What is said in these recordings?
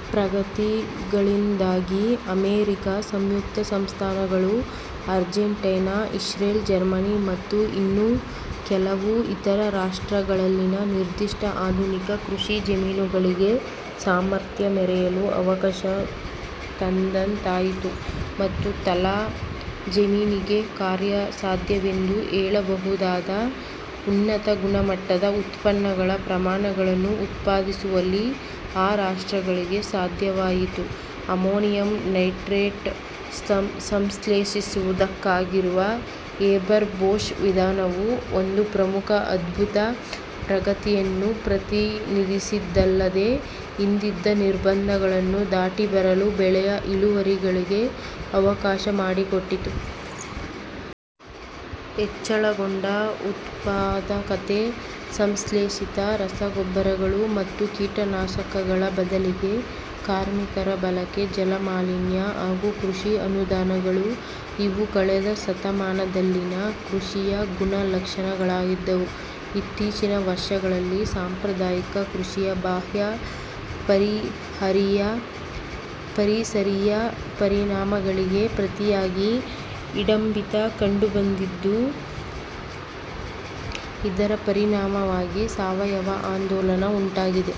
ಈ ಪ್ರಗತಿಗಳಿಂದಾಗಿ ಅಮೆರಿಕ ಸಂಯುಕ್ತ ಸಂಸ್ಥಾನಗಳು, ಅರ್ಜೆಂಟೈನಾ, ಇಸ್ರೇಲ್, ಜರ್ಮನಿ, ಮತ್ತು ಇನ್ನು ಕೆಲವು ಇತರ ರಾಷ್ಟ್ರಗಳಲ್ಲಿನ ನಿರ್ದಿಷ್ಟ ಆಧುನಿಕ ಕೃಷಿಜಮೀನುಗಳಿಗೆ ಸಾಮರ್ಥ್ಯ ಮೆರೆಯಲು ಅವಕಾಶವಾದಂತಾಯಿತು, ಮತ್ತು ತಲಾ ಜಮೀನಿಗೆ ಕಾರ್ಯಸಾಧ್ಯವೆಂದು ಹೇಳಬಹುದಾದ ಉನ್ನತ-ಗುಣಮಟ್ಟದ ಉತ್ಪನ್ನಗಳ ಪ್ರಮಾಣಗಳನ್ನು ಉತ್ಪಾದಿಸುವಲ್ಲಿ ಆ ರಾಷ್ಟ್ರಗಳಿಗೆ ಸಾಧ್ಯವಾಯಿತು. ಅಮೋನಿಯಂ ನೈಟ್ರೇಟ್ ಸಂಶ್ಲೇಷಿಸುವುದಕ್ಕಾಗಿರುವ ಹೇಬರ್-ಬೋಷ್ ವಿಧಾನವು ಒಂದು ಪ್ರಮುಖ ಅದ್ಭುತ ಪ್ರಗತಿಯನ್ನು ಪ್ರತಿನಿಧಿಸಿದ್ದಲ್ಲದೇ, ಹಿಂದಿದ್ದ ನಿರ್ಬಂಧಗಳನ್ನು ದಾಟಿಬರಲು ಬೆಳೆಯ ಇಳುವರಿಗಳಿಗೆ ಅವಕಾಶಮಾಡಿಕೊಟ್ಟಿತು. ಹೆಚ್ಚಳಗೊಂಡ ಉತ್ಪಾದಕತೆ, ಸಂಶ್ಲೇಷಿತ ರಸಗೊಬ್ಬರಗಳು ಮತ್ತು ಕೀಟನಾಶಕಗಳ ಬದಲಿಗೆ ಕಾರ್ಮಿಕರ ಬಳಕೆ, ಜಲಮಾಲಿನ್ಯ, ಹಾಗೂ ಕೃಷಿ ಅನುದಾನಗಳು- ಇವು ಕಳೆದ ಶತಮಾನದಲ್ಲಿನ ಕೃಷಿಯ ಗುಣಲಕ್ಷಣಗಳಾಗಿದ್ದವು. ಇತ್ತೀಚಿನ ವರ್ಷಗಳಲ್ಲಿ, ಸಾಂಪ್ರದಾಯಿಕ ಕೃಷಿಯ ಬಾಹ್ಯ ಪರಿಸರೀಯ ಪರಿಣಾಮಗಳಿಗೆ ಪ್ರತಿಯಾಗಿ ಹಿಂಬಡಿತ ಕಂಡುಬಂದಿದ್ದು, ಇದರ ಪರಿಣಾಮವಾಗಿ ಸಾವಯವ ಆಂದೋಲನ ಉಂಟಾಗಿದೆ.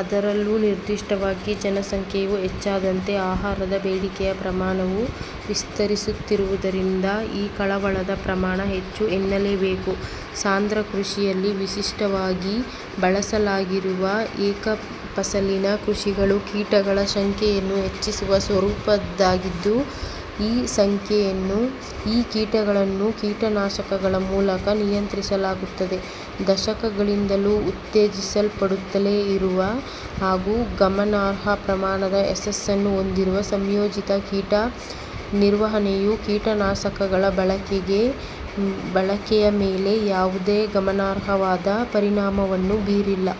ಅದರಲ್ಲೂ ನಿರ್ದಿಷ್ಟವಾಗಿ, ಜನಸಂಖ್ಯೆಯು ಹೆಚ್ಚಾದಂತೆ ಆಹಾರದ ಬೇಡಿಕೆಯ ಪ್ರಮಾಣವೂ ವಿಸ್ತರಿಸುವುದರಿಂದ ಈ ಕಳವಳದ ಪ್ರಮಾಣ ಹೆಚ್ಚು ಎನ್ನಲೇಬೇಕು. ಸಾಂದ್ರ ಕೃಷಿಯಲ್ಲಿ ವಿಶಿಷ್ಟವಾಗಿ ಬಳಸಲಾಗಿರುವ ಏಕಫಸಲಿನ ಕೃಷಿಗಳು ಕೀಟಗಳ ಸಂಖ್ಯೆಯನ್ನು ಹೆಚ್ಚಿಸುವ ಸ್ವರೂಪದ್ದಾಗಿದ್ದು, ಈ ಕೀಟಗಳನ್ನು ಕೀಟನಾಶಕಗಳ ಮೂಲಕ ನಿಯಂತ್ರಿಸಲಾಗುತ್ತದೆ. "ದಶಕಗಳಿಂದಲೂ ಉತ್ತೇಜಿಸಲ್ಪಡುತ್ತಲೇ ಇರುವ ಹಾಗೂ ಗಮನಾರ್ಹ ಪ್ರಮಾಣದ ಯಶಸ್ಸನ್ನೂ ಹೊಂದಿರುವ" ಸಂಯೋಜಿತ ಕೀಟ ನಿರ್ವಹಣೆಯು, ಕೀಟನಾಶಕಗಳ ಬಳಕೆಯ ಮೇಲೆ ಯಾವುದೇ ಗಮನಾರ್ಹವಾದ ಪರಿಣಾಮವನ್ನೂ ಬೀರಿಲ್ಲ.